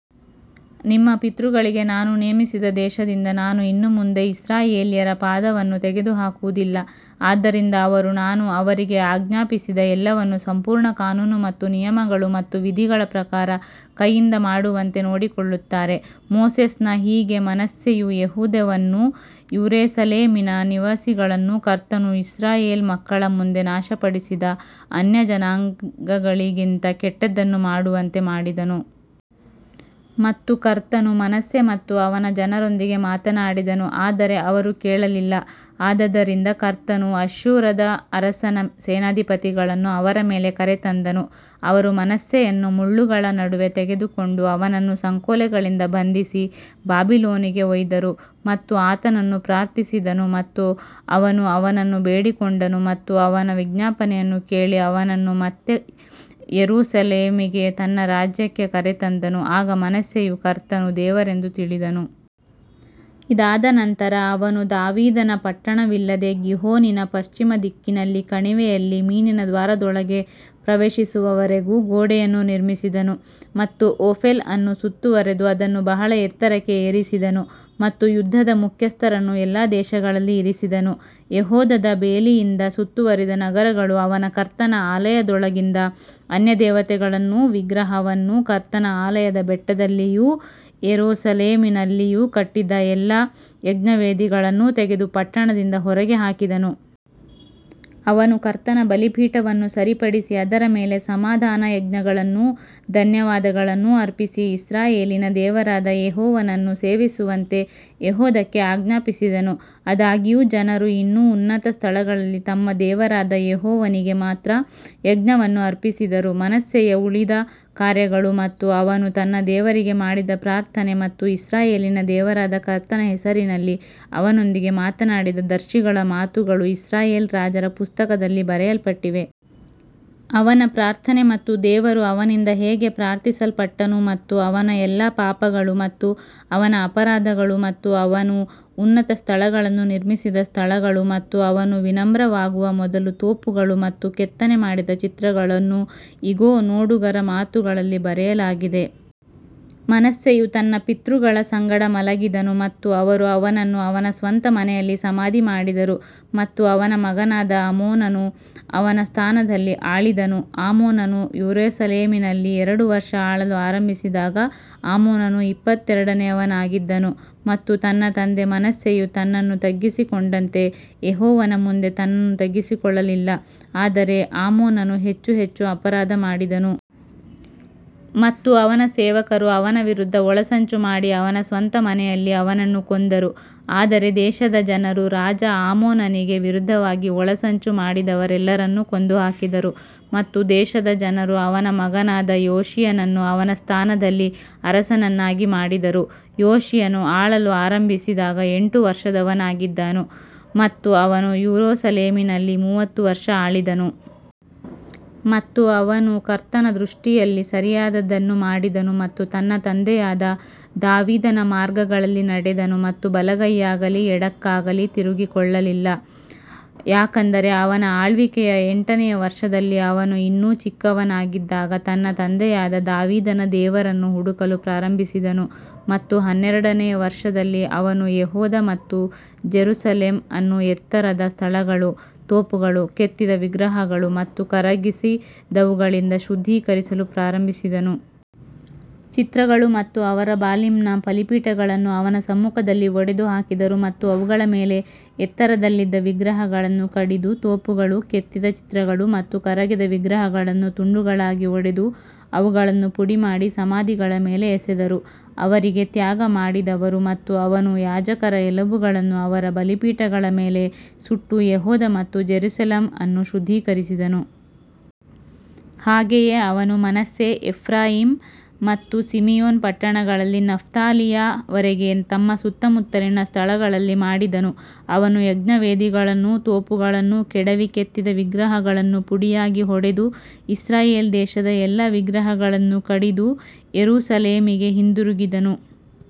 ನಿಮ್ಮ ಪಿತೃಗಳಿಗೆ ನಾನು ನೇಮಿಸಿದ ದೇಶದಿಂದ ನಾನು ಇನ್ನು ಮುಂದೆ ಇಸ್ರಾಯೇಲ್ಯರ ಪಾದವನ್ನು ತೆಗೆದುಹಾಕುವುದಿಲ್ಲ, ಆದ್ದರಿಂದ ಅವರು ನಾನು ಅವರಿಗೆ ಆಜ್ಞಾಪಿಸಿದ ಎಲ್ಲವನ್ನು ಸಂಪೂರ್ಣ ಕಾನೂನು ಮತ್ತು ನಿಯಮಗಳು ಮತ್ತು ವಿಧಿಗಳ ಪ್ರಕಾರ ಕೈಯಿಂದ ಮಾಡುವಂತೆ ನೋಡಿಕೊಳ್ಳುತ್ತಾರೆ. ಮೋಸೆಸ್ ನ ಹೀಗೆ ಮನಸ್ಸೆಯು ಯೆಹೂದವನ್ನೂ ಯೆರೂಸಲೇಮಿನ ನಿವಾಸಿಗಳನ್ನೂ ಕರ್ತನು ಇಸ್ರಾಯೇಲ್ ಮಕ್ಕಳ ಮುಂದೆ ನಾಶಪಡಿಸಿದ ಅನ್ಯಜನಾಂಗಗಳಿಗಿಂತ ಕೆಟ್ಟದ್ದನ್ನು ಮಾಡುವಂತೆ ಮಾಡಿದನು. ಮತ್ತು ಕರ್ತನು ಮನಸ್ಸೆ ಮತ್ತು ಅವನ ಜನರೊಂದಿಗೆ ಮಾತಾಡಿದನು ಆದರೆ ಅವರು ಕೇಳಲಿಲ್ಲ ಆದದರಿಂದ ಕರ್ತನು ಅಶ್ಶೂರದ ಅರಸನ ಸೇನಾಧಿಪತಿಗಳನ್ನು ಅವರ ಮೇಲೆ ಕರೆತಂದನು, ಅವರು ಮನಸ್ಸೆಯನ್ನು ಮುಳ್ಳುಗಳ ನಡುವೆ ತೆಗೆದುಕೊಂಡು ಅವನನ್ನು ಸಂಕೋಲೆಗಳಿಂದ ಬಂಧಿಸಿ ಬಾಬಿಲೋನಿಗೆ ಒಯ್ದರು. ಮತ್ತು ಆತನನ್ನು ಪ್ರಾರ್ಥಿಸಿದನು ಮತ್ತು ಅವನು ಅವನನ್ನು ಬೇಡಿಕೊಂಡನು ಮತ್ತು ಅವನ ವಿಜ್ಞಾಪನೆಯನ್ನು ಕೇಳಿ ಅವನನ್ನು ಮತ್ತೆ ಯೆರೂಸಲೇಮಿಗೆ ತನ್ನ ರಾಜ್ಯಕ್ಕೆ ಕರೆತಂದನು, ಆಗ ಮನಸ್ಸೆಯು ಕರ್ತನು ದೇವರೆಂದು ತಿಳಿದನು. ಇದಾದ ನಂತರ ಅವನು ದಾವೀದನ ಪಟ್ಟಣವಿಲ್ಲದೆ ಗೀಹೋನಿನ ಪಶ್ಚಿಮ ದಿಕ್ಕಿನಲ್ಲಿ ಕಣಿವೆಯಲ್ಲಿ ಮೀನಿನ ದ್ವಾರದೊಳಗೆ ಪ್ರವೇಶಿಸುವವರೆಗೂ ಗೋಡೆಯನ್ನು ನಿರ್ಮಿಸಿದನು ಮತ್ತು ಓಫೆಲ್ ಅನ್ನು ಸುತ್ತುವರೆದು ಅದನ್ನು ಬಹಳ ಎತ್ತರಕ್ಕೆ ಏರಿಸಿದನು ಮತ್ತು ಯುದ್ಧದ ಮುಖ್ಯಸ್ಥರನ್ನು ಎಲ್ಲಾ ದೇಶಗಳಲ್ಲಿ ಇರಿಸಿದನು. ಯೆಹೂದದ ಬೇಲಿಯಿಂದ ಸುತ್ತುವರಿದ ನಗರಗಳು ಅವನು ಕರ್ತನ ಆಲಯದೊಳಗಿಂದ ಅನ್ಯದೇವತೆಗಳನ್ನೂ ವಿಗ್ರಹವನ್ನೂ ಕರ್ತನ ಆಲಯದ ಬೆಟ್ಟದಲ್ಲಿಯೂ ಯೆರೂಸಲೇಮಿನಲ್ಲಿಯೂ ಕಟ್ಟಿದ್ದ ಎಲ್ಲಾ ಯಜ್ಞವೇದಿಗಳನ್ನೂ ತೆಗೆದು ಪಟ್ಟಣದಿಂದ ಹೊರಗೆ ಹಾಕಿದನು. ಅವನು ಕರ್ತನ ಬಲಿಪೀಠವನ್ನು ಸರಿಪಡಿಸಿ ಅದರ ಮೇಲೆ ಸಮಾಧಾನಯಜ್ಞಗಳನ್ನೂ ಧನ್ಯವಾದಗಳನ್ನೂ ಅರ್ಪಿಸಿ ಇಸ್ರಾಯೇಲಿನ ದೇವರಾದ ಯೆಹೋವನನ್ನು ಸೇವಿಸುವಂತೆ ಯೆಹೂದಕ್ಕೆ ಆಜ್ಞಾಪಿಸಿದನು. ಆದಾಗ್ಯೂ ಜನರು ಇನ್ನೂ ಉನ್ನತ ಸ್ಥಳಗಳಲ್ಲಿ ತಮ್ಮ ದೇವರಾದ ಯೆಹೋವನಿಗೆ ಮಾತ್ರ ಯಜ್ಞವನ್ನು ಅರ್ಪಿಸಿದರು ಮನಸ್ಸೆಯ ಉಳಿದ ಕಾರ್ಯಗಳು ಮತ್ತು ಅವನು ತನ್ನ ದೇವರಿಗೆ ಮಾಡಿದ ಪ್ರಾರ್ಥನೆ ಮತ್ತು ಇಸ್ರಾಯೇಲಿನ ದೇವರಾದ ಕರ್ತನ ಹೆಸರಿನಲ್ಲಿ ಅವನೊಂದಿಗೆ ಮಾತನಾಡಿದ ದರ್ಶಿಗಳ ಮಾತುಗಳು ಇಸ್ರಾಯೇಲ್ ರಾಜರ ಪುಸ್ತಕದಲ್ಲಿ ಬರೆಯಲ್ಪಟ್ಟಿವೆ. ಅವನ ಪ್ರಾರ್ಥನೆ ಮತ್ತು ದೇವರು ಅವನಿಂದ ಹೇಗೆ ಪ್ರಾರ್ಥಿಸಲ್ಪಟ್ಟನು ಮತ್ತು ಅವನ ಎಲ್ಲಾ ಪಾಪಗಳು ಮತ್ತು ಅವನ ಅಪರಾಧಗಳು ಮತ್ತು ಅವನು ಉನ್ನತ ಸ್ಥಳಗಳನ್ನು ನಿರ್ಮಿಸಿದ ಸ್ಥಳಗಳು ಮತ್ತು ಅವನು ವಿನಮ್ರವಾಗುವ ಮೊದಲು ತೋಪುಗಳು ಮತ್ತು ಕೆತ್ತನೆ ಮಾಡಿದ ಚಿತ್ರಗಳನ್ನು ಇಗೋ, ನೋಡುಗರ ಮಾತುಗಳಲ್ಲಿ ಬರೆಯಲಾಗಿದೆ. ಮನಸ್ಸೆಯು ತನ್ನ ಪಿತೃಗಳ ಸಂಗಡ ಮಲಗಿದನು ಮತ್ತು ಅವರು ಅವನನ್ನು ಅವನ ಸ್ವಂತ ಮನೆಯಲ್ಲಿ ಸಮಾಧಿ ಮಾಡಿದರು ಮತ್ತು ಅವನ ಮಗನಾದ ಆಮೋನನು ಅವನ ಸ್ಥಾನದಲ್ಲಿ ಆಳಿದನು. ಆಮೋನನು ಯೆರೂಸಲೇಮಿನಲ್ಲಿ ಎರಡು ವರುಷ ಆಳಲು ಆರಂಭಿಸಿದಾಗ ಆಮೋನನು ಇಪ್ಪತ್ತೆರಡನೆಯವನಾಗಿದ್ದನು ಮತ್ತು ತನ್ನ ತಂದೆ ಮನಸ್ಸೆಯು ತನ್ನನ್ನು ತಗ್ಗಿಸಿಕೊಂಡಂತೆ ಯೆಹೋವನ ಮುಂದೆ ತನ್ನನ್ನು ತಗ್ಗಿಸಿಕೊಳ್ಳಲಿಲ್ಲ ಆದರೆ ಆಮೋನನು ಹೆಚ್ಚು ಹೆಚ್ಚು ಅಪರಾಧ ಮಾಡಿದನು. ಮತ್ತು ಅವನ ಸೇವಕರು ಅವನ ವಿರುದ್ಧ ಒಳಸಂಚು ಮಾಡಿ ಅವನ ಸ್ವಂತ ಮನೆಯಲ್ಲಿ ಅವನನ್ನು ಕೊಂದರು ಆದರೆ ದೇಶದ ಜನರು ರಾಜ ಆಮೋನನಿಗೆ ವಿರುದ್ಧವಾಗಿ ಒಳಸಂಚು ಮಾಡಿದವರೆಲ್ಲರನ್ನು ಕೊಂದುಹಾಕಿದರು ಮತ್ತು ದೇಶದ ಜನರು ಅವನ ಮಗನಾದ ಯೋಷೀಯನನ್ನು ಅವನ ಸ್ಥಾನದಲ್ಲಿ ಅರಸನನ್ನಾಗಿ ಮಾಡಿದರು. ಯೋಷೀಯನು ಆಳಲು ಆರಂಭಿಸಿದಾಗ ಎಂಟು ವರ್ಷದವನಾಗಿದ್ದನು ಮತ್ತು ಅವನು ಯೆರೂಸಲೇಮಿನಲ್ಲಿ ಮೂವತ್ತು ವರ್ಷ ಆಳಿದನು. ಮತ್ತು ಅವನು ಕರ್ತನ ದೃಷ್ಟಿಯಲ್ಲಿ ಸರಿಯಾದದ್ದನ್ನು ಮಾಡಿದನು ಮತ್ತು ತನ್ನ ತಂದೆಯಾದ ದಾವೀದನ ಮಾರ್ಗಗಳಲ್ಲಿ ನಡೆದನು ಮತ್ತು ಬಲಗೈಯಾಗಲಿ ಎಡಕ್ಕಾಗಲಿ ತಿರುಗಿಕೊಳ್ಳಲಿಲ್ಲ. ಯಾಕಂದರೆ ಅವನ ಆಳ್ವಿಕೆಯ ಎಂಟನೆಯ ವರ್ಷದಲ್ಲಿ ಅವನು ಇನ್ನೂ ಚಿಕ್ಕವನಾಗಿದ್ದಾಗ ತನ್ನ ತಂದೆಯಾದ ದಾವೀದನ ದೇವರನ್ನು ಹುಡುಕಲು ಪ್ರಾರಂಭಿಸಿದನು ಮತ್ತು ಹನ್ನೆರಡನೆಯ ವರ್ಷದಲ್ಲಿ ಅವನು ಯೆಹೂದ ಮತ್ತು ಜೆರುಸಲೆಮ್ ಅನ್ನು ಎತ್ತರದ ಸ್ಥಳಗಳು, ತೋಪುಗಳು, ಕೆತ್ತಿದ ವಿಗ್ರಹಗಳು ಮತ್ತು ಕರಗಿಸಿದವುಗಳಿಂದ ಶುದ್ಧೀಕರಿಸಲು ಪ್ರಾರಂಭಿಸಿದನು. ಚಿತ್ರಗಳು ಮತ್ತು ಅವರು ಬಾಲಿಮ್ನ ಬಲಿಪೀಠಗಳನ್ನು ಅವನ ಸಮ್ಮುಖದಲ್ಲಿ ಒಡೆದು ಹಾಕಿದರು ಮತ್ತು ಅವುಗಳ ಮೇಲೆ ಎತ್ತರದಲ್ಲಿದ್ದ ವಿಗ್ರಹಗಳನ್ನು ಕಡಿದು, ತೋಪುಗಳು, ಕೆತ್ತಿದ ಚಿತ್ರಗಳು ಮತ್ತು ಕರಗಿದ ವಿಗ್ರಹಗಳನ್ನು ತುಂಡುಗಳಾಗಿ ಒಡೆದು ಅವುಗಳನ್ನು ಪುಡಿಮಾಡಿ ಸಮಾಧಿಗಳ ಮೇಲೆ ಎಸೆದರು. ಅವರಿಗೆ ತ್ಯಾಗ ಮಾಡಿದವರು ಮತ್ತು ಅವನು ಯಾಜಕರ ಎಲುಬುಗಳನ್ನು ಅವರ ಬಲಿಪೀಠಗಳ ಮೇಲೆ ಸುಟ್ಟು ಯೆಹೂದ ಮತ್ತು ಜೆರುಸಲೆಮ್ ಅನ್ನು ಶುದ್ಧೀಕರಿಸಿದನು. ಹಾಗೆಯೇ ಅವನು ಮನಸ್ಸೆ, ಎಫ್ರಾಯೀಮ್ ಮತ್ತು ಸಿಮಿಯೋನ್ ಪಟ್ಟಣಗಳಲ್ಲಿ ನಫ್ತಾಲಿಯ ವರೆಗೆ ತಮ್ಮ ಸುತ್ತುಮುತ್ತಲಿನ ಸ್ಥಳಗಳಲ್ಲಿ ಮಾಡಿದನು. ಅವನು ಯಜ್ಞವೇದಿಗಳನ್ನೂ ತೋಪುಗಳನ್ನೂ ಕೆಡವಿ ಕೆತ್ತಿದ ವಿಗ್ರಹಗಳನ್ನು ಪುಡಿಯಾಗಿ ಹೊಡೆದು ಇಸ್ರಾಯೇಲ್ ದೇಶದ ಎಲ್ಲಾ ವಿಗ್ರಹಗಳನ್ನು ಕಡಿದು ಯೆರೂಸಲೇಮಿಗೆ ಹಿಂದಿರುಗಿದನು.